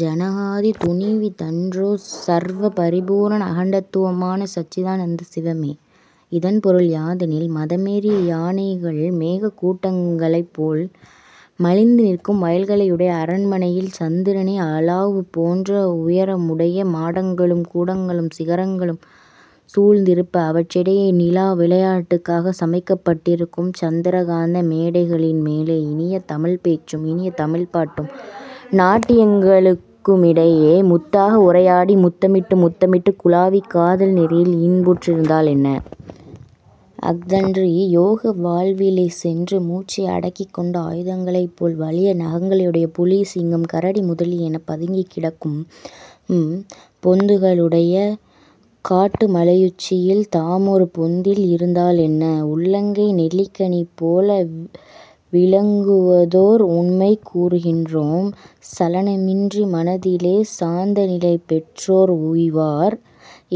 ஜனகாதி துணிவி தன்றோ? சர்வபரிபூரண அகண்டதத்துவமான சச்சிதானந்த சிவமே'' இதன் பொருள் யாதெனில் 'மதமேறிய யானைகள் மேகக் கூட்டங்களைப் போல் மலிந்து நிற்கும் வயல்களையுடைய அரண்மனையில், சந்திரனை அளாவுவன போன்ற உயரமுடைய மாடங்களும் கூடங்களும் சிகரங்களும் சூழ்ந்திருப்ப, அவற்றிடையே நிலா விளையாட்டுக்காகச் சமைக்கப்பட்டிருக்கும் சந்திரகாந்த மேடைகளின் மேலே இனிய தமிழ்ப் பேச்சுக்கும் இனிய தமிழ் பாட்டுக்கும் நாட்டியங்களுக்கு மிடையே முத்தாக உரையாடி முத்தமிட்டு முத்தமிட்டுக் குலாவிக் காதல் நெறியில் இன்புற்றிருந்தாலென்ன? அஃதன்றி, யோக வாழ்விலே சென்று மூச்சை அடக்கிக் கொண்டு ஆயுதங்களைப் போல் வலிய நகங்களையுடைய புலி, சிங்கம், கரடி முதலியன பதுங்கிக் கிடக்கும் பொந்துகளுடைய காட்டுமலையுச்சியில் தாமொரு பொந்தில் இருந்தாலென்ன? உள்ளங்கை நெல்லிக்கனி போல விளங்குவதோர் உண்மை கூறுகின்றோம். 'சலனமின்றி மனத்திலே சாந்தநிலை பெற்றோர் உய்வார்'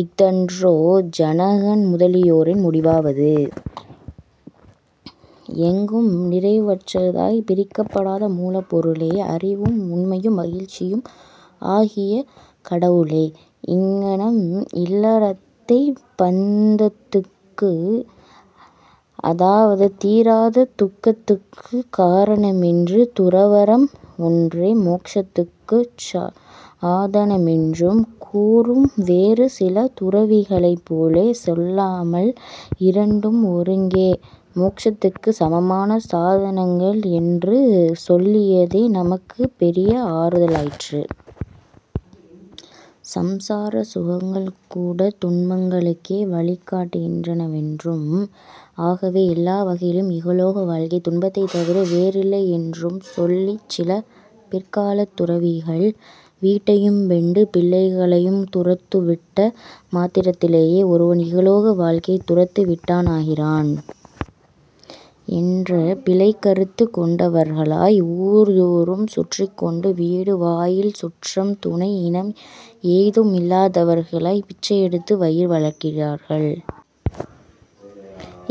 இஃதன்றோ ஜனகன் முதலியோரின் முடிவாவது? எங்கும் நிறைவற்றதாய்ப் பிரிக்கப்படாத மூலப்பொருளே! அறிவும், உண்மையும், மகிழ்ச்சியும் ஆகிய கடவுளே? ' இங்ஙனம், இல்லறத்தைப் பந்தத்துக்கு அதாவது, தீராத துக்கத்துக்குக் காரணமென்றும், துறவறம் ஒன்றே மோக்ஷத்துக்குச் சாதனமென்றும், கூறும் வேறு சில துறவிகளைப்போலே சொல்லாமல், இரண்டும் ஒருங்கே மோக்ஷத்துக்குச் சமமான சாதனங்கள் என்று சொல்லியதே நமக்குப் பெரிய ஆறுதலாயிற்று. சம்சார சுகங்கள் கூடத் துன்பங்களுக்கே வழிகாட்டுகின்றன வென்றும், ஆகவே எல்லா வகையினும் இகலோக வாழ்க்கை துன்பத்தைத் தவிர வேறில்லையென்றும் சொல்லிச் சில பிற்காலத்துத் துறவிகள், 'வீட்டையும் பெண்டு பிள்ளைகளையும் துறந்து விட்ட மாத்திரத்திலேயே ஒருவன் இகலோக வாழ்வைத் துறந்துவிட்டானாகிறான்' என்ற பிழைக் கருத்து கொண்டவர்களாய், ஊர்தோறும் சுற்றிக்கொண்டு, வீடு, வாயில் சுற்றம் துணை இனம் ஏதும் இல்லாதவர்களாய், பிச்சையெடுத்து வயிறு வளர்க்கிறார்கள்.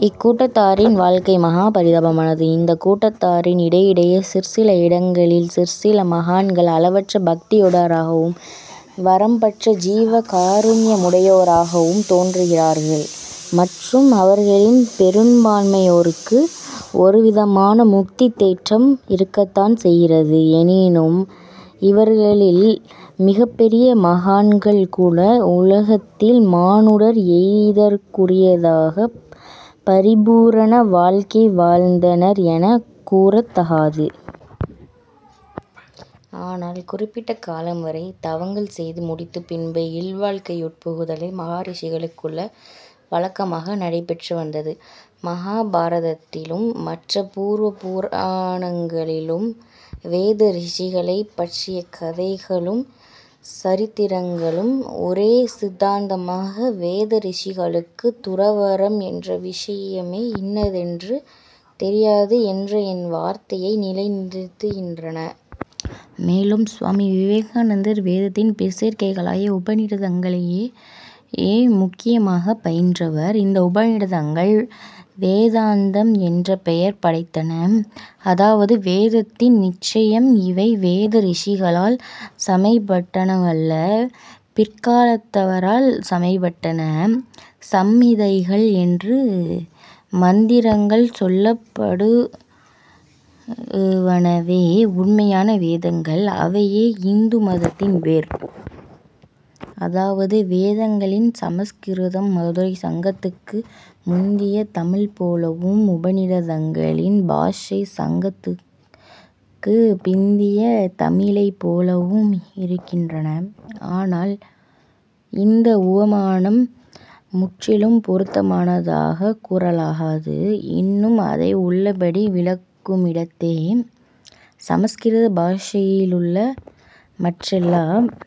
இக் கூட்டத்தாரின் வாழ்க்கை மகா பரிதாபமானது. இந்தக் கூட்டத்தாரில் இடையிடையே சிற்சில இடங்களில் சிற்சில மகான்கள் அளவற்ற பக்தியுடையோராகவும், வரம்பற்ற ஜீவ காருண்யமுடையோராகவும் தோன்றுகிறார்கள். மற்றும் அவர்களில் பெரும்பான்மையோருக்கு ஒரு விதமான முக்தித் தேட்டம் இருக்கத்தான் செய்கிறது. எனினும், இவர்களில் மிகப் பெரிய மகான்கள் கூட, உலகத்தில் மானுடர் எய்தற்குரியதாகிய பரிபூரண வாழ்க்கை வாழ்ந்தனர் எனக் கூறத் தகாது. ஆனால், குறிப்பிட்ட காலம் வரை தவங்கள் செய்து முடித்துப் பின்பு இல்வாழ்க்கையுட் புகுதலே மகரிஷிகளுக்குள்ள வழக்கமாக நடைபெற்றுவந்தது. மகாபாரதத்திலும் மற்றப் பூர்வ பூராணங்களிலும் வேதரிஷிகளைப் பற்றிய கதைகளும் சரித்திரங்களும் ஒரே சித்தாந்தமாக வேத ரிஷிகளுக்குத் துறவறம் என்ற விஷயமே இன்னதென்று தெரியாது என்ற என் வார்த்தையை நிலைநிறுத்துகின்றன. மேலும் சுவாமி விவேகானந்தர் வேதத்தின் பிற்சேர்க்கைகளாகிய உபநிடதங்களையே எமுக்கியமாகப் பயின்றவர். இந்த உபநிடதங்கள் வேதாந்தம் என்ற பெயர் படைத்தன. அதாவது வேதத்தின் நிச்சயம் இவை வேத ரிஷிகளால் சமைப்பட்டனவல்ல. பிற்காலத்தவரால் சமைப்பட்டன. ஸம்ஹிதைகள் என்று மந்திரங்கள் சொல்லப்படுவனவே உண்மையான வேதங்கள். அவையே இந்து மதத்தின் வேர். அதாவது, வேதங்களின் சமஸ்கிருதம் மதுரைச் சங்கத்துக்கு முந்திய தமிழைப் போலவும் உபநிடதங்களின் பாஷை சங்கத்துக்குப் பிந்திய தமிழைப் போலவும் இருக்கின்றன. ஆனால், இந்த உவமானம் முற்றிலும் பொருத்தமானதாகக் கூறலாகாது. இன்னும் அதை உள்ளபடி விளக்கும்மிடத்தே. ஸம்ஸ்கிருத பாஷையிலுள்ள மற்றெல்லாம்